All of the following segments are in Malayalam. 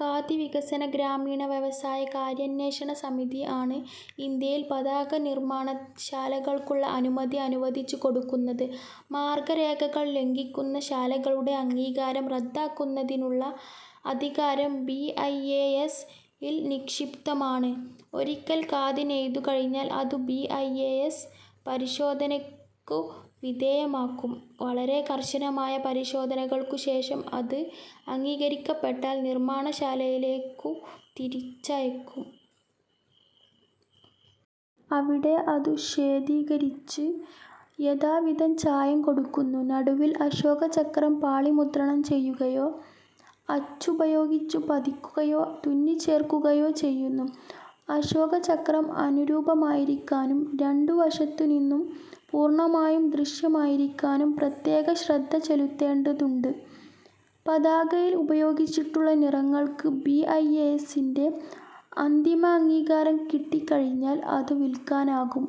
ഖാദി വികസന ഗ്രാമീണ വ്യവസായ കാര്യാന്വേഷണസമിതി, ആണു് ഇന്ത്യയിൽ പതാകനിർമ്മാണശാലകൾക്കുള്ള അനുമതി അനുവദിച്ചുകൊടുക്കുന്നതു്. മാർഗ്ഗരേഖകൾ ലംഘിക്കുന്ന ശാലകളുടെ അംഗീകാരം റദ്ദാക്കുന്നതിനുള്ള അധികാരം ബി. ഐ. എസ്. -ൽ നിക്ഷിപ്തമാണു്. ഒരിക്കൽ ഖാദി നെയ്തു കഴിഞ്ഞാൽ അതു ബി. ഐ. എസ് പരിശോധനയ്ക്കു വിധേയമാക്കും. വളരെ കർശനമായ പരിശോധനകൾക്കു ശേഷം അതു് അംഗീകരിക്കപ്പെട്ടാൽ നിർമ്മാണശാലയിലേക്കു തിരിച്ചയയ്ക്കും. അവിടെ അതു ശ്വേതീകരിച്ചു്, യഥാവിധം ചായം കൊടുക്കുന്നു. നടുവിൽ അശോകചക്രം പാളിമുദ്രണം ചെയ്യുകയോ അച്ചുപയോഗിച്ചു പതിക്കുകയോ തുന്നിച്ചേർക്കുകയോ ചെയ്യുന്നു. അശോകചക്രം അനുരൂപമായിരിക്കാനും രണ്ടു വശത്തുനിന്നും പൂർണ്ണമായും ദൃശ്യമായിരിക്കാനും പ്രത്യേക ശ്രദ്ധ ചെലുത്തേണ്ടതുണ്ടു്. പതാകയിൽ ഉപയോഗിച്ചിട്ടുള്ള നിറങ്ങൾക്കു് ബി. ഐ. എസിന്റെ അന്തിമാംഗീകാരം കിട്ടിക്കഴിഞ്ഞാൽ അതു വിൽക്കാനാകും.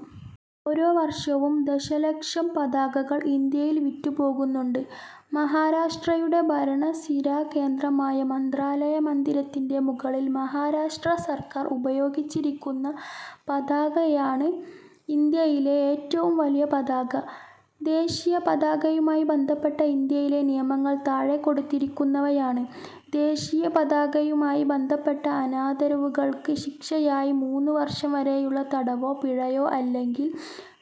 ഓരോ വർഷവും ദശലക്ഷം പതാകകൾ ഇന്ത്യയിൽ വിറ്റുപോകുന്നുണ്ട്. മഹാരാഷ്ട്രയുടെ ഭരണസിരാകേന്ദ്രമായ 'മന്ത്രാലയ' മന്ദിരത്തിന്റെ മുകളിൽ മഹാരാഷ്ട്ര സർക്കാർ ഉപയോഗിച്ചിരിക്കുന്ന പതാകയാണു് ഇന്ത്യയിലെ ഏറ്റവും വലിയ പതാക. ദേശീയ പതാകയുമായി ബന്ധപ്പെട്ട ഇന്ത്യയിലെ നിയമങ്ങൾ താഴെ കൊടുത്തിരിക്കുന്നവയാണ്. ദേശീയപതാകയുമായി ബന്ധപ്പെട്ട അനാദരവുകൾക്ക് ശിക്ഷയായി മൂന്നു വർഷം വരെയുള്ള തടവോ പിഴയോ അല്ലെങ്കിൽ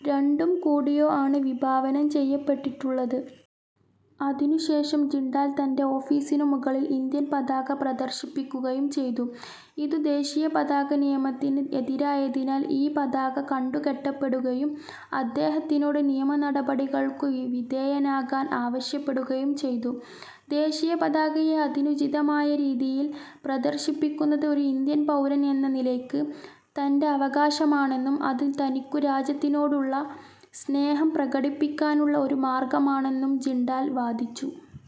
രണ്ടും കൂടിയോ ആണ് വിഭാവനം ചെയ്യപ്പെട്ടിട്ടുള്ളത്. അതിനു ശേഷം ജിണ്ടാൽ തന്റെ ഓഫീസിനു മുകളിൽ ഇന്ത്യൻ പതാക പ്രദർശിപ്പിക്കുകയും ചെയ്തു. ഇതു ദേശീയപതാക നിയമത്തിന് എതിരായതിനാൽ ഈ പതാക കണ്ടുകെട്ടപ്പെടുകയും അദ്ദേഹത്തിനോട് നിയമനടപടികൾക്കു വിധേയനാകാൻ ആവശ്യപ്പെടുകയും ചെയ്തു. ദേശീയപതാകയെ അതിനുചിതമായ രീതിയിൽ പ്രദർശിപ്പിക്കുന്നത് ഒരു ഇന്ത്യൻ പൗരൻ എന്ന നിലയ്ക്ക് തന്റെ അവകാശമാണെന്നും അത് തനിക്കു രാജ്യത്തിനോടുള്ള സ്നേഹം പ്രകടിപ്പിക്കാനുള്ള ഒരു മാർഗ്ഗമാണെന്നും ജിണ്ടാൽ വാദിച്ചു.